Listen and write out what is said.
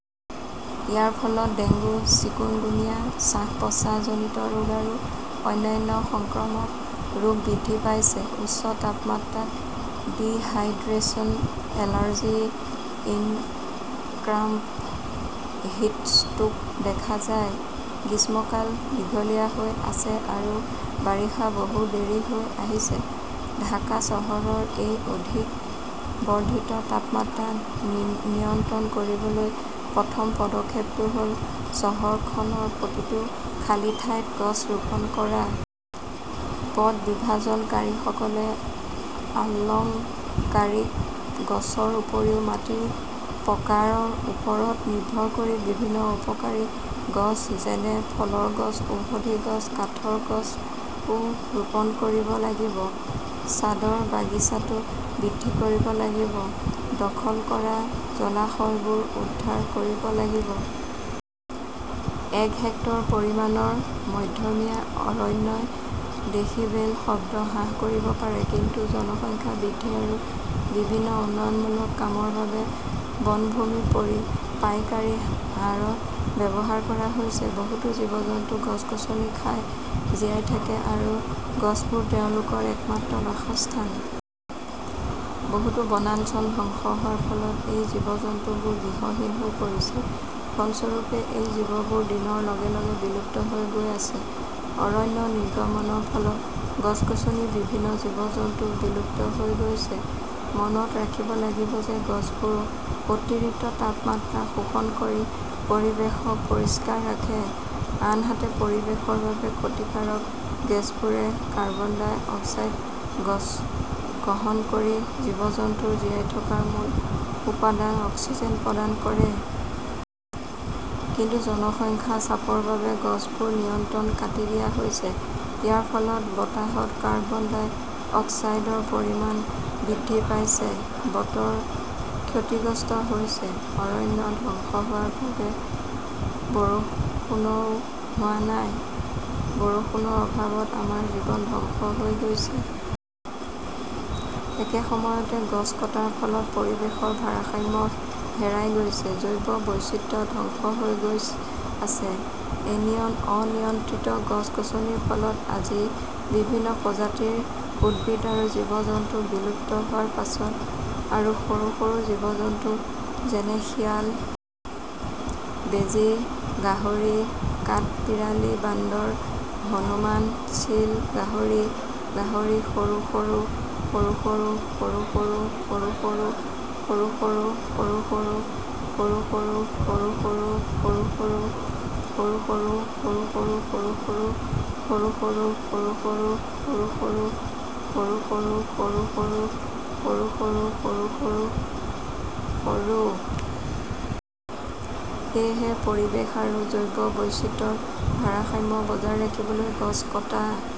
ইয়াৰ ফলত dengue, chikungunya, শ্বাস-প্ৰশ্বাসজনিত ৰোগ আৰু অন্যান্য সংক্ৰামক ৰোগ বৃদ্ধি পাইছে। উচ্চ তাপমাত্ৰাত ডিহাইড্ৰেচন, এলাৰ্জি, হিটক্ৰাম্প, হিটষ্ট্ৰোক দেখা যায়। গ্ৰীষ্মকাল দীঘলীয়া হৈ আছে আৰু বাৰিষা বহু দেৰি হৈ আহিছে। ঢাকা চহৰৰ এই বৰ্ধিত তাপমাত্ৰা নিয়ন্ত্ৰণ কৰিবলৈ প্ৰথম পদক্ষেপটো হ "ল চহৰখনৰ প্ৰতিটো খালী ঠাইত গছ ৰোপণ কৰা। পথ বিভাজনকাৰীসকলে আলংকাৰিক গছৰ উপৰিও মাটিৰ প্ৰকাৰৰ ওপৰত নিৰ্ভৰ কৰি বিভিন্ন উপকাৰী গছ যেনে ফলৰ গছ, ঔষধি গছ, কাঠৰ গছও ৰোপণ কৰিব লাগিব। ছাদৰ বাগিচাটো বৃদ্ধি কৰিব লাগিব। দখল কৰা জলাশয়বোৰ উদ্ধাৰ কৰিব লাগিব। এক হেক্টৰ পৰিমাণৰ মধ্যমীয়া অৰণ্যই ডেসিবেল শব্দ হ্ৰাস কৰিব পাৰে। কিন্তু জনসংখ্যা বৃদ্ধি আৰু বিভিন্ন উন্নয়নমূলক কামৰ বাবে বনভূমি পাইকাৰী হাৰত ব্যৱহাৰ কৰা হৈছে। বহুতো জীৱ-জন্তু গছ-গছনি খাই জীয়াই থাকে; আৰু গছবোৰ তেওঁলোকৰ একমাত্ৰ বাসস্থান। বহুতো বনাঞ্চল ধ্বংস হোৱাৰ ফলত এই জীৱ-জন্তুবোৰ গৃহহীন হৈ পৰিছে। ফলস্বৰূপে, এই জীৱবোৰ দিনৰ লগে লগে বিলুপ্ত হৈ গৈ আছে। অৰণ্য নিৰ্গমনৰ ফলত গছ-গছনি, বিভিন্ন জীৱ-জন্তু বিলুপ্ত হৈ গৈছে। মনত ৰাখিব লাগিব যে গছবোৰে অতিৰিক্ত তাপমাত্ৰা শোষণ কৰি পৰিৱেশক পৰিষ্কাৰ ৰাখে, আনহাতে পৰিৱেশৰ বাবে ক্ষতিকাৰক গেছবোৰে কাৰ্বন ডাই অক্সাইড গ্ৰহণ কৰি জীৱ-জন্তুৰ জীয়াই থকাৰ মূল উপাদান অক্সিজেন প্ৰদান কৰে। কিন্তু জনসংখ্যাৰ চাপৰ বাবে গছবোৰ নিৰন্তৰ কাটি দিয়া হৈছে। ইয়াৰ ফলত বতাহত কাৰ্বন ডাই অক্সাইডৰ পৰিমাণ বৃদ্ধি পাইছে, বতৰ ক্ষতিগ্ৰস্ত হৈছে। অৰণ্য ধ্বংস হোৱাৰ বাবে বৰষুণও হোৱা নাই। বৰষুণৰ অভাৱত আমাৰ জীৱন ধ্বংস হৈ গৈছে। একে সময়তে গছ কটাৰ ফলত পৰিৱেশৰ ভাৰসাম্য হেৰাই গৈছে। জৈৱ বৈচিত্ৰ্য ধ্বংস হৈ গৈ আছে। অনিয়ন্ত্ৰিত গছ-গছনিৰ ফলত আজি বিভিন্ন প্ৰজাতিৰ উদ্ভিদ আৰু জীৱ-জন্তু বিলুপ্ত হোৱাৰ পথত আছে। সৰু সৰু জীৱ-জন্তু যেনে শিয়াল, বেজী, গাহৰি, কাঠবিড়ালী, বান্দৰ, হনুমান, চিল, গাহৰি, গাহৰি, সৰু সৰু সৰু সৰু সৰু সৰু সৰু সৰু সৰু সৰু সৰু সৰু সৰু সৰু সৰু সৰু সৰু সৰু সৰু সৰু সৰু সৰু সৰু সৰু সৰু সৰু সৰু সৰু সৰু সৰু সৰু সৰু সৰু সৰু সৰু সৰু সৰু সৰু সৰূ। সেয়েহে, পৰিৱেশ আৰু জৈৱ বৈচিত্ৰ্যৰ ভাৰসাম্য বজাই ৰাখিবলৈ গছ কটা